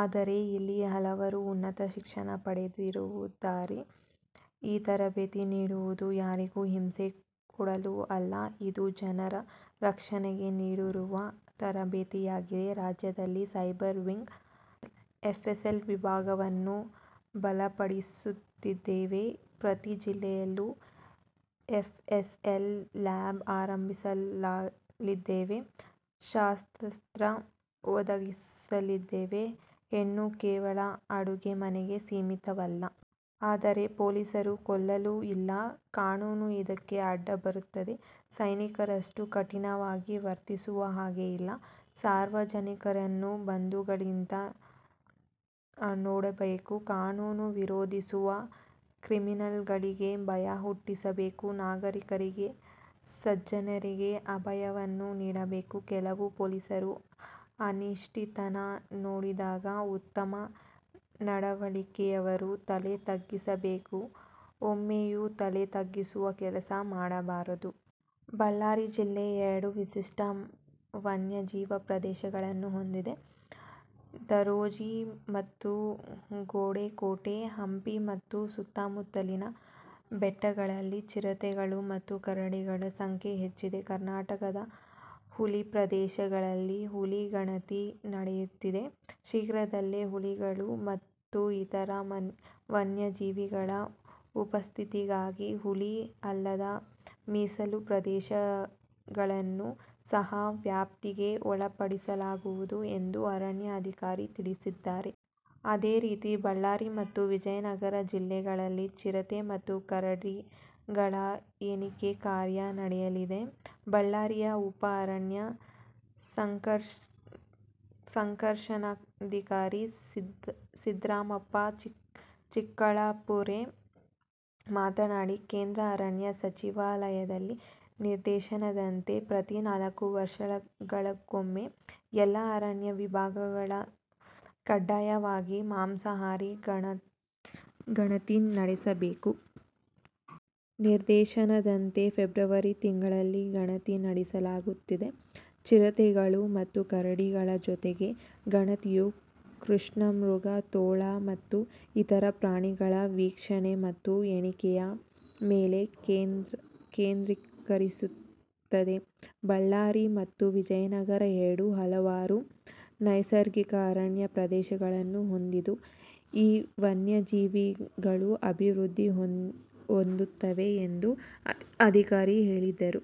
ಆದರೆ ಇಲ್ಲಿ ಹಲವರು ಉನ್ನತ ಶಿಕ್ಷಣ ಪಡೆದವರಿದ್ದಾರೆ. ಈ ತರಬೇತಿ ನೀಡಿರುವುದು ಯಾರಿಗೂ ಹಿಂಸೆ ಕೊಡಲು ಅಲ್ಲ. ಇದು ಜನರ ರಕ್ಷಣೆಗೆ ನೀಡಿರುವ ತರಬೇತಿಯಾಗಿದೆ. ರಾಜ್ಯದಲ್ಲಿ ಸೈಬರ್ ವಿಂಗ್ ಎಫ್ಎಸ್ಎಲ್ ವಿಭಾಗವನ್ನು ಬಲಪಡಿಸುತ್ತಿದ್ದೇವೆ. ಪ್ರತಿ ಜಿಲ್ಲೆಯಲ್ಲೂ ಎಫ್ಎಸ್ಎಲ್ ಲ್ಯಾಬ್ ಆರಂಭಿಸಲಿದ್ದೇವೆ, ಶಸ್ತ್ರಾಸ್ತ್ರ ಒದಗಿಸಲಿದ್ದೇವೆ. ಹೆಣ್ಣು ಕೇವಲ ಅಡುಗೆ ಮನೆಗೆ ಸೀಮಿತವಲ್ಲ. ಆದರೆ ಪೊಲೀಸರು ಕೊಲ್ಲಲು ಇಲ್ಲ ಕಾನೂನು ಇದಕ್ಕೆ ಅಡ್ಡಿಬರುತ್ತದೆ. ಸೈನಿಕರಷ್ಟು ಕಠಿಣವಾಗಿ ವರ್ತಿಸುವ ಹಾಗೆ ಇಲ್ಲ. ಸಾರ್ವಜನಿಕರನ್ನು ಬಂಧುಗಳಂತೆ ನೋಡಬೇಕು. ಕಾನೂನು ವಿರೋಧಿಸುವ ಕ್ರಿಮಿನಲ್ಗಳಿಗೆ ಭಯ ಹುಟ್ಟಿಸಬೇಕು. ನಾಗರೀಕರಿಗೆ ಸಜ್ಜನರಿಗೆ ಅಭಯವನ್ನು ನೀಡಬೇಕು. ಕೆಲವು ಪೊಲೀಸರು ಅನಿಷ್ಟತನ ನೋಡಿದಾಗ ಉತ್ತಮ ನಡವಳಿಕೆಯವರು ತಲೆ ತಗ್ಗಿಸಬೇಕಾಗಿದೆ. ಒಮ್ಮೆಯೂ ತಲೆ ತಗ್ಗಿಸುವ ಕೆಲಸ ಮಾಡಬಾರದು. ಬಳ್ಳಾರಿ ಜಿಲ್ಲೆ ಎರಡು ವಿಶಿಷ್ಟ ವನ್ಯಜೀವಿ ಪ್ರದೇಶಗಳನ್ನು ಹೊಂದಿದೆ. ದರೋಜಿ ಮತ್ತು ಗುಡೇಕೋಟೆ. ಹಂಪಿ ಮತ್ತು ಸುತ್ತಮುತ್ತಲಿನ ಬೆಟ್ಟಗಳಲ್ಲಿ ಚಿರತೆಗಳು ಮತ್ತು ಕರಡಿಗಳ ಸಂಖ್ಯೆ ಹೆಚ್ಚಿದೆ. ಕರ್ನಾಟಕದ ಹುಲಿ ಪ್ರದೇಶಗಳಲ್ಲಿ ಹುಲಿ ಗಣತಿ ನಡೆಯುತ್ತಿದೆ. ಶೀಘ್ರದಲ್ಲೇ ಹುಲಿಗಳು ಮತ್ತು ಇತರ ವನ್ಯಜೀವಿಗಳ ಉಪಸ್ಥಿತಿಗಾಗಿ ಹುಲಿ ಅಲ್ಲದ ಮೀಸಲು ಪ್ರದೇಶಗಳನ್ನು ಸಹ ವ್ಯಾಪ್ತಿಗೆ ಒಳಪಡಿಸಲಾಗುವುದು ಎಂದು ಅರಣ್ಯ ಅಧಿಕಾರಿಗಳು ತಿಳಿಸಿದ್ದಾರೆ. ಅದೇ ರೀತಿ ಬಳ್ಳಾರಿ ಮತ್ತು ವಿಜಯನಗರ ಜಿಲ್ಲೆಗಳಲ್ಲಿ ಚಿರತೆ ಮತ್ತು ಕರಡಿಗಳ ಎಣಿಕೆ ಕಾರ್ಯ ನಡೆಯಲಿದೆ. ಬಳ್ಳಾರಿಯ ಉಪ ಅರಣ್ಯ ಸಂರಕ್ಷಣಾಧಿಕಾರಿ ಸಿದ್ರಾಮಪ್ಪ ಚಳ್ಕಾಪುರೆ ಮಾತನಾಡಿ, ಕೇಂದ್ರ ಅರಣ್ಯ ಸಚಿವಾಲಯದ ನಿರ್ದೇಶನದಂತೆ ಪ್ರತಿ ನಾಲ್ಕು ವರ್ಷಗಳಿಗೊಮ್ಮೆ ಎಲ್ಲಾ ಅರಣ್ಯ ವಿಭಾಗಗಳು ಕಡ್ಡಾಯವಾಗಿ ಮಾಂಸಾಹಾರಿ ಗಣತಿ ನಡೆಸಬೇಕು. ನಿರ್ದೇಶನದಂತೆ ಫೆಬ್ರವರಿ ತಿಂಗಳಲ್ಲಿ ಗಣತಿ ನಡೆಸಲಾಗುತ್ತಿದೆ. ಚಿರತೆಗಳು ಮತ್ತು ಕರಡಿಗಳ ಜೊತೆಗೆ, ಗಣತಿಯು ಕೃಷ್ಣಮೃಗ, ತೋಳ ಮತ್ತು ಇತರ ಪ್ರಾಣಿಗಳ ವೀಕ್ಷಣೆ ಮತ್ತು ಎಣಿಕೆಯ ಮೇಲೆ ಕೇಂದ್ರೀಕರಿಸುತ್ತದೆ. ಬಳ್ಳಾರಿ ಮತ್ತು ವಿಜಯನಗರ ಎರಡೂ ಹಲವಾರು ನೈಸರ್ಗಿಕ ಅರಣ್ಯ ಪ್ರದೇಶಗಳನ್ನು ಹೊಂದಿದ್ದು, ಈ ವನ್ಯಜೀವಿಗಳು ಅಭಿವೃದ್ಧಿ ಹೊಂದುತ್ತವೆ ಎಂದು ಅಧಿಕಾರಿ ಹೇಳಿದರು.